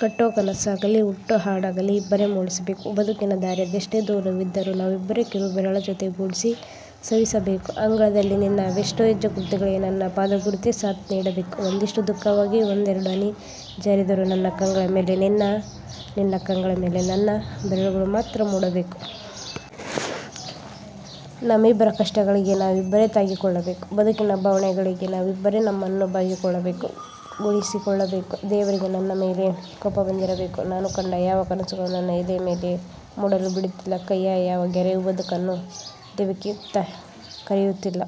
ಕಟ್ಟೋ ಕನಸಾಗಲಿ ಹುಟ್ಟೋ ಹಾಡಾಗಲಿ ಇಬ್ಬರೇ ಮೂಡಿಸಬೇಕು. ಬದುಕಿನ ದಾರಿ ಅದೆಷ್ಟು ದೂರವಿದ್ದರೂ ನಾವಿಬ್ಬರೇ ಕಿರುಬೆರಳ ಜೊತೆಗೂಡಿಸಿ ಸವೆಸಬೇಕು. ಅಂಗಳದಲಿ ನಿನ್ನ ಅವಿಷ್ಟೂ ಹೆಜ್ಜೆಗುರುತುಗಳಿಗೆ ನನ್ನ ಪಾದಗುರುತೇ ಸಾಥ್ ನೀಡಬೇಕು. ಒಂದಿಷ್ಟು ದುಃಖವಾಗಿ ಒಂದೆರಡು ಹನಿ ಜಾರಿದರೂ ನನ್ನ ಕಂಗಳ ಮೇಲೆ ನಿನ್ನ, ನಿನ್ನ ಕಂಗಳ ಮೇಲೆ ನನ್ನ ಬೆರಳುಗಳು ಮಾತ್ರ ಮೂಡಬೇಕು. ನಮ್ಮಿಬ್ಬರ ಕಷ್ಟಗಳಿಗೆ ನಾವಿಬ್ಬರೇ ತಾಗಿಕೊಳ್ಳಬೇಕು. ಬದುಕಿನ ಬವಣೆಗಳಿಗೆ ನಾವಿಬ್ಬರೆ ನಮ್ಮನ್ನ ಭಾಗಿಸಿಕೊಳ್ಳಬೇಕು; ಗುಣಿಸಿಕೊಳ್ಳಬೇಕು. ದೇವರಿಗೆ ನನ್ನ ಮೇಲೆ ಕೋಪ ಬಂದಿರಬೇಕು. ನಾನು ಕಂಡ ಯಾವ ಕನಸುಗಳನ್ನು ನನ್ನ ಎದೆಯ ಮೇಲೆ ಮೂಡಲು ಬಿಡುತ್ತಿಲ್ಲ. ಕೈಯ್ಯ ಯಾವ ಗೆರೆಯೂ ಬದುಕನ್ನು ದೇವಕಿಯತ್ತ ಕರೆದೊಯ್ಯುತ್ತಿಲ್ಲ.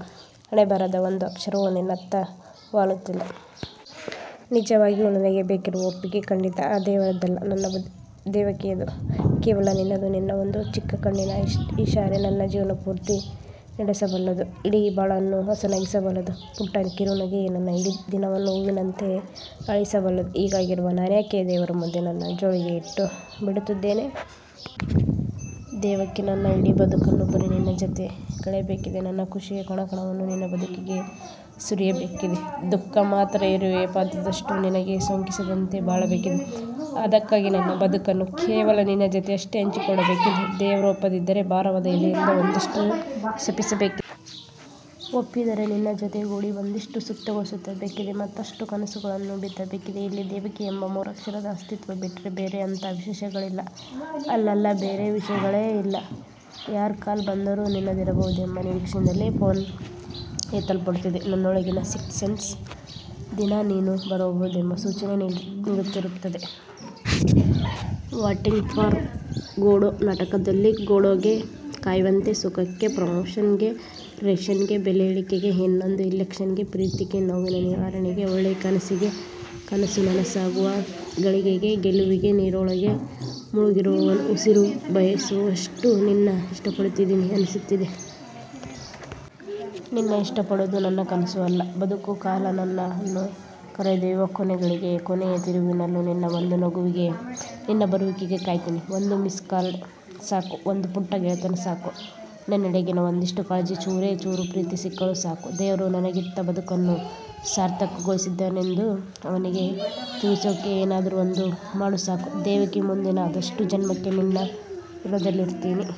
ಹಣೆಯಬರಹದ ಒಂದು ಅಕ್ಷರವೂ ನಿನ್ನತ್ತ ವಾಲುತ್ತಿಲ್ಲ. ನಿಜವಾಗಿಯೂ ನನಗೆ ಬೇಕಿರುವ ಒಪ್ಪಿಗೆ ಖಂಡಿತಾ ಆ ದೇವರದ್ದಲ್ಲ. ನನ್ನ ದೇವಕಿಯದು. ಕೇವಲ ನಿನ್ನದು. ನಿನ್ನ ಒಂದು ಚಿಕ್ಕ ಕಣ್ಣಿನ ಇಷಾರೆ ನನ್ನ ಜೀವನಪೂರ್ತಿ ನಡೆಸಬಲ್ಲುದು, ಇಡೀ ಬಾಳನ್ನು ಹಸನಾಗಿಸಬಲ್ಲದು. ಪುಟ್ಟ ಕಿರುನಗೆ ನನ್ನ ಇಡೀ ದಿನವನ್ನು ಹೂವಿನಂತೆ ಅರಳಿಸಬಲ್ಲುದು. ಹೀಗಿರುವಾಗ ನಾನ್ಯಾಕೆ ದೇವರ ಮುಂದೆ ನನ್ನ ಜೋಳಿಗೆ ಇಟ್ಟು ಬೇಡುತ್ತಿದ್ದೇನೆ? ದೇವಕೀ, ನನ್ನ ಇಡೀ ಬದುಕನ್ನು ಬರೀ ನಿನ್ನ ಜತೆ ಕಳೆಯಬೇಕಿದೆ. ನನ್ನ ಖುಷಿಯ ಕಣಕಣವನ್ನೂ ನಿನ್ನ ಬದುಕಿಗೆ ಸುರಿಯಬೇಕಿದೆ, ದುಃಖ ಮಾತ್ರ ಇರುವೆಯ ಪಾದದಷ್ಟೂ ನಿನಗೆ ಸೋಕಿಸದಂತೆ ಬಾಳಬೇಕಿದೆ. ಅದಕ್ಕಾಗಿ ನನ್ನ ಬದುಕನ್ನು ಕೇವಲ ನಿನ್ನ ಜತೆಯಷ್ಟೇ ಹಂಚಿಕೊಳ್ಳಬೇಕಿದೆ. ದೇವರು ಒಪ್ಪದಿದ್ದರೇ ಭಾರವಾದ ಎದೆಯಿಂದ ಒಂದಿಷ್ಟು ಶಪಿಸಬೇಕಿದೆ. ಒಪ್ಪಿದರೆ ನಿನ್ನ ಜೊತೆಗೂಡಿ ಒಂದಿಷ್ಟು ಸುತ್ತುಗಳ ಸುತ್ತಬೇಕಿದೆ. ಮತ್ತಷ್ಟು ಕನಸುಗಳನ್ನು ಬಿತ್ತಬೇಕಿದೆ. ಇಲ್ಲಿ ದೇವಕಿ ಎಂಬ ಮೂರಕ್ಷರದ ಅಸ್ತಿತ್ವ ಬಿಟ್ಟರೆ ಬೇರೆ ಅಂಥಾ ವಿಶೇಷಗಳಿಲ್ಲ. ಅಲ್ಲಲ್ಲ, ಬೇರೆ ವಿಶೇಷಗಳೇ ಇಲ್ಲ. ಯಾರ ಕಾಲ್ ಬಂದರೂ ನಿನ್ನದಿರಬಹುದೆಂಬ ನಿರೀಕ್ಷೆಯಿಂದಲೇ ಫೋನ್ ಎತ್ತಲ್ಪಡುತ್ತದೆ. ನನ್ನೊಳಗಿನ ಸಿಕ್ತ್ ಸೆನ್ಸ್ ದಿನಾ ನೀನು ಬರಬಹುದೆಂಬ ಸೂಚನೆ ನೀಡುತ್ತಿರುತ್ತದೆ. ವೈಟಿಂಗ್ ಫಾರ್ ಗೋಡೋ ನಾಟಕದಲ್ಲಿ ಗೋಡೋ ಗೆ ಕಾಯ್ವಂತೆ. ಸುಖಕ್ಕೆ, ಪ್ರಮೋಶನ್ ಗೆ, ರೇಶನ್ ಗೆ, ಬೆಲೆ ಇಳಿಕೆಗೆ, ಇನ್ನೊಂದು ಇಲೆಕ್ಷನ್ ಗೆ, ಪ್ರೀತಿಗೆ, ನೋವಿನ ನಿವಾರಣೆಗೆ, ಒಳ್ಳೆಯ ಕನಸಿಗೆ, ಕನಸು ನನಸಾಗುವ ಘಳಿಗೆಗೆ, ಗೆಲುವಿಗೆ.. ನೀರೊಳಗೆ ಮುಳುಗಿರುವವನು ಉಸಿರು ಬಯಸುವಷ್ಟು ನಿನ್ನ ಇಷ್ಟಪಡ್ತಿದೀನಿ ಅನ್ನಿಸ್ತಿದೆ. ನಿನ್ನ ಇಷ್ಟಪಡುವುದು ನನ್ನ ಕನಸು ಅಲ್ಲ, ಬದುಕು. ಕಾಲ ನನ್ನನು ಕರೆದೊಯ್ಯುವ ಕೊನೆ ಘಳಿಗೆಯ ಕೊನೆಯ ತಿರುವಿನಲ್ಲೂ ನಿನ್ನ ಒಂದು ನಗುವಿಗೆ, ನಿನ್ನ ಬರುವಿಕೆಗೆ ಕಾಯ್ತೀನಿ. ಒಂದು ಮಿಸ್ಡ್ ಕಾಲ್ ಸಾಕು. ಒಂದು ಪುಟ್ಟ ಗೆಳೆತನ ಸಾಕು. ನನ್ನೆಡೆಗಿನ ಒಂದಿಷ್ಟು ಕಾಳಜಿ, ಚೂರೇ ಚೂರು ಪ್ರೀತಿ ಸಿಕ್ಕರೂ ಸಾಕು, ದೇವರು ನನಗಿತ್ತ ಬದುಕನ್ನು ಸಾರ್ಥಕಗೊಳಿಸಿದ್ದೇನೆಂದು ಅವನಿಗೆ ತಿಳಿಸೋಕೆ ಏನಾದರೂ ಒಂದು ಮಾಡು ಸಾಕು ದೇವಕಿ. ಮುಂದಿನ ಅದಷ್ಟೂ ಜನ್ಮಕ್ಕೆ ನಿನ್ನ ಋಣದಲ್ಲಿರ್ತೀನಿ.